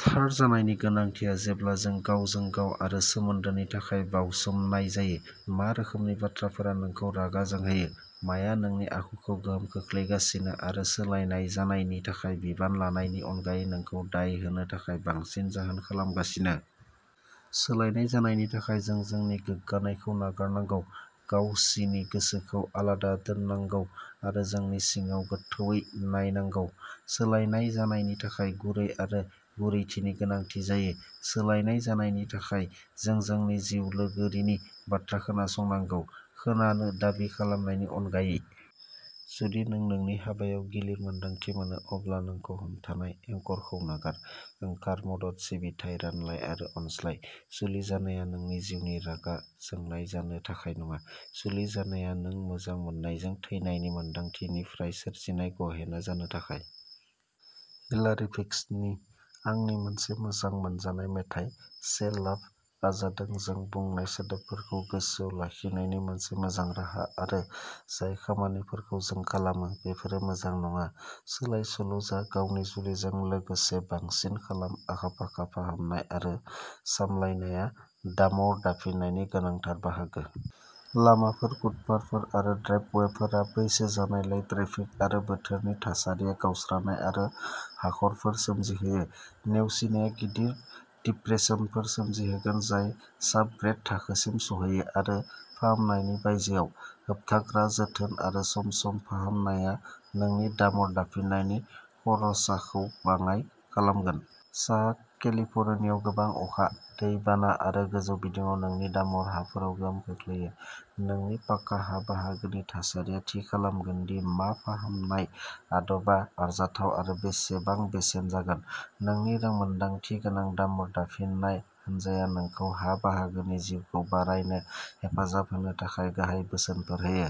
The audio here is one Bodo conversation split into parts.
थार जानायनि गोनांथिया जेब्ला जों गावजों गाव आरो सोमोन्दोनि थाखाय बावसोमनाय जायो। मा रोखोमनि बाथ्राफोरा नोंखौ रागा जोंहोयो? माया नोंनि आखुखौ गोहोम खोख्लैगासिनो आरो सोलायनाय जानायनि थाखाय बिबान लानायनि अनगायै नोंखौ दाय होनो थाखाय बांसिन जाहोन खालामगासिनो? सोलायनाय जानायनि थाखाय जों जोंनि गोग्गानायखौ नागारनांगौ, गावसिनि गोसोखौ आलादा दोननांगौ आरो जोंनि सिङाव गोथौवै नायनांगौ। सोलायनाय जानायनि थाखाय गुरै आरो गुरैथिनि गोनांथि जायो। सोलायनाय जानायनि थाखाय जों जोंनि जिउ लोगोरिनि बाथ्रा खोनासंनांगौ, खोनानो दाबि खालामनायनि अनगायै। जुदि नों नोंनि हाबायाव गिलिर मोन्दांथि मोनो, अब्ला नोंखौ हमथानाय एंकरखौ नागार। ओंखार, मदद, सिबिथाइ, रानलाय आरो अनज्लाय। जुलि जानाया नोंनि जिउनि रागा जोंनाय जानो थाखाय नङा। जुलि जानाया नों मोजां मोननायजों थैनायनि मोनदांथिफोरनिफ्राय सोरजिनाय गहेना जानो थाखाय। हिलारी भिक्सनि आंनि मोनसे मोजां मोनजानाय मेथाइ "से लाभ" आ जादों जों बुंनाय सोदोबफोरखौ गोसोआव लाखिनायनि मोनसे मोजां राहा, आरो जाय खामानिफोरखौ जों खालामो, बेफोरो मोजां नङा। सोलायसोल' जा गावनि जुलिजों लोगोसे बांसिन खालाम आखा-फाखा फाहामनाय आरो सामलायनाया डामर दाफिननायनि गोनांथार बाहागो। लामाफोर, फुटपाथफोर आरो ड्राइभअवेफोरा बैसो जानायलाय, ट्रेफिक आरो बोथोरनि थासारिया गावस्रानाय आरो हाखरफोर सोमजिहोयो। नेवसिनाया गिदिर डिप्रेसनफोर सोमजिहोगोन जाय साब-ग्रेड थाखोसिम सौहैयो आरो फाहामनायनि बायजोआव। होबथाग्रा जोथोन आरो सम-सम फाहामनाया नोंनि डामर दाफिननायनि खरसाखौ बाङाय खालामगोन। साहा केलिफर्नियायाव गोबां अखा, दै बाना आरो गोजौ बिदुङा नोंनि डामर हाफोराव गोहोम खोख्लैयो। नोंनि पाका हा बाहागोनि थासारिया थि खालामगोन दि मा फाहामनाय आदबा आरजाथाव आरो बेसेबां बेसेन जागोन। जोंनि रोंमोनदांथि गोनां डामर दाफिननाय हानजाया नोंखौ हा बाहागोनि जिउखौ बारायनो हेफाजाब होनो थाखाय गाहाय बोसोनफोर होयो।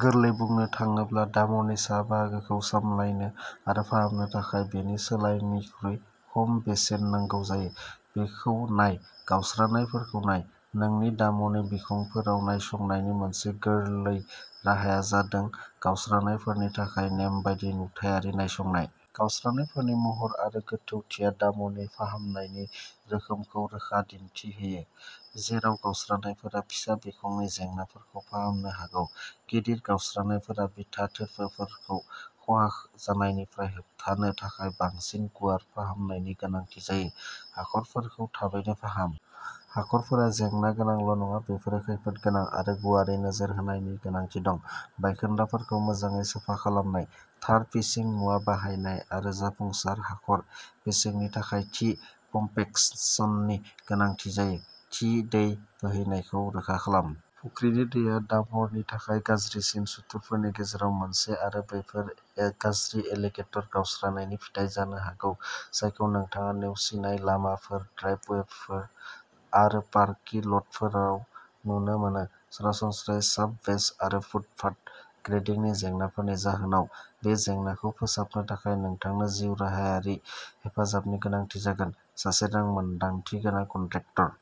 गोरलैयै बुंनो थाङोब्ला, डामरनि सा बाहागोखौ सामलायनो आरो फाहामनो थाखाय बेनि सोलायनिख्रुइ खम बेसेन नांगौ जायो। बेखौ नाय। गावस्रानायफोरखौ नाय। नोंनि डामरनि बिखंफोराव नायसंनायनि मोनसे गोरलै राहाया जादों गावस्रानायफोरनि थाखाय नेमबादि नुथायारि नायसंनाय। गावस्रानायफोरनि महर आरो गोथौथिया डामरनि फाहामनायनि रोखोमखौ रोखा दिन्थि होयो, जेराव गावस्रानायफोरा फिसा बिखंनि जेंनाफोरखौ फाहामनो हागौ, गिदिर गावस्रानायफोरा बिथा थोरफोफोरखौ खहा जानायनिफ्राय होबथानो थाखाय बांसिन गुवार फाहामनायनि गोनांथि जायो। हाखरफोरखौ थाबैनो फाहाम। हाखरफोरा जेंना गोनांल' नङा बेफोरो खैफोदगोनां आरो गुवारै नोजोर होनायनि गोनांथि दं। बायखोन्दाफोरखौ मोजाङै साफा खालामनाय, थार पेचिं मुवा बाहायनाय आरो जाफुंसार हाखर पेचिंनि थाखाय थि कमपेक्सननि गोनांथि जायो। थि दै बोहैनायखौ रोखा खालाम। फुख्रिनि दैया डामरनि थाखाय गाज्रिसिन सुथुरफोरनि गेजेराव मोनसे आरो बैफोर गाज्रि'एलिगेटर गावस्रानाय'नि फिथाय जानो हागौ जायखौ नोंथाङा नेवसिनाय लामाफोर, ड्राइभवेफोर आरो पार्किं ल'टफोराव नुनो मोनो। सरासनस्रायै साब-बेस आरो फुटपाथ ग्रेडिंनि जेंनाफोरनि जाहोनाव, बे जेंनाखौ फोसाबनो थाखाय नोंथांनो जिउराहायारि हेफाजाबनि गोनांथि जागोन। सासे रोंमोनदांथि गोनां कन्ट्रेक्टर।